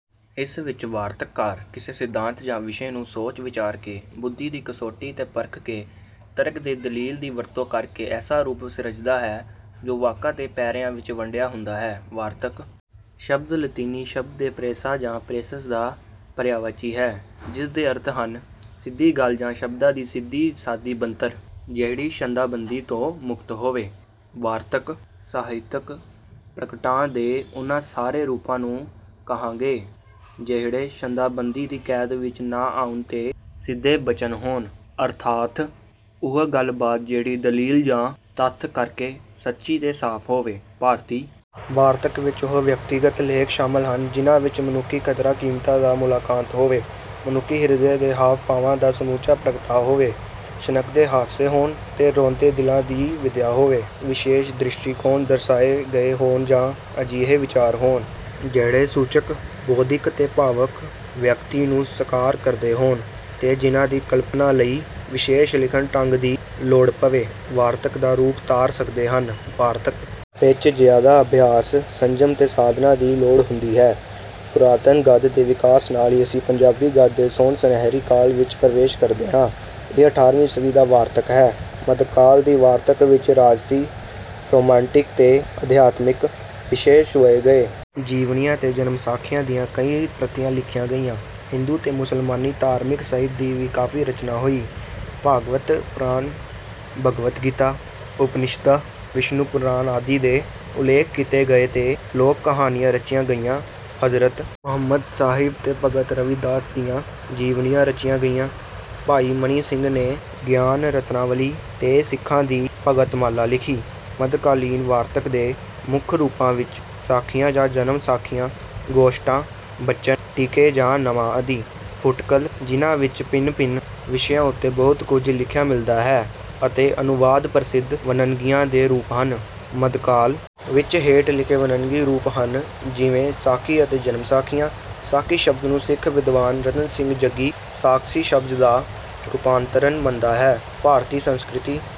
ਇਸ ਵਿੱਚ ਵਾਰਤਕਕਾਰ ਕਿਸੇ ਸਿੱਧਾਂਤ ਜਾਂ ਵਿਸ਼ੇ ਨੂੰ ਸੋਚ-ਵਿਚਾਰ ਕੇ, ਬੁੱਧੀ ਦੀ ਕਸੌਟੀ 'ਤੇ ਪਰਖ ਕੇ, ਤਰਕ ਤੇ ਦਲੀਲ ਦੀ ਵਰਤੋਂ ਕਰ ਕੇ ਐਸਾ ਰੂਪ ਸਿਰਜਦਾ ਹੈ, ਜੋ ਵਾਕਾਂ ਤੇ ਪੈਰਿਆਂ ਵਿੱਚ ਵੰਡਿਆ ਹੁੰਦਾ ਹੈ।‘ਵਾਰਤਕ’ ਸ਼ਬਦ ਲਾਤੀਨੀ ਸ਼ਬਦ ਦੇ ‘ਪ੍ਰੋਸਾ’ ਜਾਂ ‘ਪ੍ਰੋਸਸ’ ਦਾ ਪਰਿਆਵਾਚੀ ਹੈ, ਜਿਸ ਦੇ ਅਰਥ ਹਨ—‘ਸਿੱਧੀ ਗੱਲ ਜਾਂ ਸ਼ਬਦਾਂ ਦੀ ਸਿੱਧੀ-ਸਾਦੀ ਬਣਤਰ, ਜਿਹੜੀ ਛੰਦਾਬੰਦੀ ਤੋਂ ਮੁਕਤ ਹੋਵੇ।’‘ਵਾਰਤਕ’ ਸਾਹਿਤਕ ਪ੍ਰਗਟਾਅ ਦੇ ਉਹਨਾਂ ਸਾਰੇ ਰੂਪਾਂ ਨੂੰ ਕਹਾਂਗੇ, ਜਿਹੜੇ ਛੰਦਾਬੰਦੀ ਦੀ ਕੈਦ ਵਿੱਚ ਨਾ ਆਉਣ ਤੇ ਸਿੱਧੇ ਬਚਨ ਹੋਣ; ਅਰਥਾਤ, ਉਹ ਗੱਲਬਾਤ ਜਿਹੜੀ ਦਲੀਲ ਜਾਂ ਤੱਥ ਕਰਕੇ ਸੱਚੀ ਤੇ ਸਾਫ਼ ਹੋਵੇ। ਭਾਰਤੀ ਵਾਰਤਕ ਵਿੱਚ ਉਹ ਵਿਅਕਤੀਗਤ ਲੇਖ ਸ਼ਾਮਲ ਹਨ, ਜਿਨ੍ਹਾਂ ਵਿੱਚ ਮਨੁੱਖੀ ਕਦਰਾਂ-ਕੀਮਤਾਂ ਦਾ ਮੁਲਾਂਕਾਂਤ ਹੋਵੇ, ਮਨੁੱਖੀ ਹਿਰਦੇ ਦੇ ਹਾਵ-ਭਾਵਾਂ ਦਾ ਸਮੁੱਚਾ ਪ੍ਰਗਟਾਅ ਹੋਵੇ, ਛਣਕਦੇ ਹਾਸੇ ਹੋਣ ਤੇ ਰੋਂਦੇ ਦਿਲਾਂ ਦੀ ਵਿਧਿਆ ਹੋਵੇ, ਵਿਸ਼ੇਸ਼ ਦ੍ਰਿਸ਼ਟੀਕੋਣ ਦਰਸਾਏ ਗਏ ਹੋਣ ਜਾਂ ਅਜਿਹੇ ਵਿਚਾਰ ਹੋਣ, ਜਿਹੜੇ ਸੂਚਕ, ਬੌਧਿਕ ਤੇ ਭਾਵਕ ਵਿਅਕਤੀ ਨੂੰ ਸਾਕਾਰ ਕਰਦੇ ਹੋਣ ਤੇ ਜਿਨ੍ਹਾਂ ਦੀ ਕਲਪਨਾ ਲਈ ਵਿਸ਼ੇਸ਼ ਲਿਖਣ-ਢੰਗ ਦੀ ਲੋੜ ਪਵੇ, ਵਾਰਤਕ ਦਾ ਰੂਪ ਧਾਰ ਸਕਦੇ ਹਨ। ਵਾਰਤਕ ਵਿੱਚ ਜ਼ਿਆਦਾ ਅਭਿਆਸ, ਸੰਜਮ ਤੇ ਸਾਧਨਾ ਦੀ ਲੋੜ ਹੁੰਦੀ ਹੈ। ਪੁਰਾਤਨ ਗੱਦ ਦੇ ਵਿਕਾਸ ਨਾਲ ਹੀ ਅਸੀਂ ਪੰਜਾਬੀ ਗੱਦ ਦੇ ਸੋਨ-ਸੁਨਹਿਰੀ ਕਾਲ ਵਿੱਚ ਪ੍ਰਵੇਸ਼ ਕਰਦੇ ਹਾਂ। ਇਹ ਅਠਾਰ੍ਹਵੀਂ ਸਦੀ ਦਾ ਵਾਰਤਕ ਹੈ। ਮੱਧਕਾਲ ਦੀ ਵਾਰਤਕ ਵਿੱਚ ਰਾਜਸੀ, ਰੋਮਾਂਟਿਕ ਤੇ ਅਧਿਆਤਮਿਕ ਵਿਸ਼ੇ ਛੁਹੇ ਗਏ। ਜੀਵਨੀਆਂ ਤੇ ਜਨਮਸਾਖੀਆਂ ਦੀਆਂ ਕਈ ਪ੍ਰਤੀਆਂ ਲਿਖੀਆਂ ਗਈਆਂ। ਹਿੰਦੂ ਤੇ ਮੁਸਲਮਾਨੀ ਧਾਰਮਿਕ ਸਾਹਿਤ ਦੀ ਵੀ ਕਾਫ਼ੀ ਰਚਨਾ ਹੋਈ। ਭਾਗਵਤ ਪੁਰਾਣ, ਭਗਵਦ ਗੀਤਾ, ਉਪਨਿਸ਼ਦਾਂ, ਵਿਸ਼ਨੂੰ ਪੁਰਾਣ ਆਦਿ ਦੇ ਉੱਲੇਖ ਕੀਤੇ ਗਏ ਤੇ ਲੋਕ-ਕਹਾਣੀਆਂ ਰਚੀਆਂ ਗਈਆਂ। ਹਜ਼ਰਤ ਮੁਹੰਮਦ ਸਾਹਿਬ ਤੇ ਭਗਤ ਰਵਿਦਾਸ ਦੀਆਂ ਜੀਵਨੀਆਂ ਰਚੀਆਂ ਗਈਆਂ। ਭਾਈ ਮਨੀ ਸਿੰਘ ਨੇ ‘ਗਿਆਨ ਰਤਨਾਵਲੀ’ ਤੇ ਸਿੱਖਾਂ ਦੀ ਭਗਤਮਾਲਾ ਲਿਖੀ। ਮੱਧਕਾਲੀਨ ਵਾਰਤਕ ਦੇ ਮੁੱਖ ਰੂਪਾਂ ਵਿੱਚ ਸਾਖੀਆਂ ਜਾਂ ਜਨਮ-ਸਾਖੀਆਂ, ਗੋਸ਼ਟਾਂ, ਬਚਨ, ਟੀਕੇ ਜਾਂ ਨਾਮਾ ਆਦਿ, ਫੁਟਕਲ, ਜਿਨ੍ਹਾਂ ਵਿੱਚ ਭਿੰਨ-ਭਿੰਨ ਵਿਸ਼ਿਆਂ ਉੱਤੇ ਬਹੁਤ ਕੁਝ ਲਿਖਿਆ ਮਿਲਦਾ ਹੈ, ਅਤੇ ਅਨੁਵਾਦ ਪ੍ਰਸਿੱਧ ਵੰਨਗੀਆਂ ਤੇ ਰੂਪ ਹਨ। ਮੱਧਕਾਲ ਵਿੱਚ ਹੇਠ ਲਿਖੇ ਵੰਨਗੀ ਰੂਪ ਹਨ, ਜਿਵੇਂ—ਸਾਖੀ ਅਤੇ ਜਨਮਸਾਖੀਆਂ: ਸਾਖੀ ਸ਼ਬਦ ਨੂੰ ਸਿੱਖ ਵਿਦਵਾਨ ਰਤਨ ਸਿੰਘ ਜੱਗੀ ‘ਸਾਕਸੀ’ ਸ਼ਬਦ ਦਾ ਰੂਪਾਂਤਰਣ ਮੰਨਦਾ ਹੈ। ਭਾਰਤੀ ਸੰਸਕ੍ਰਿਤੀ...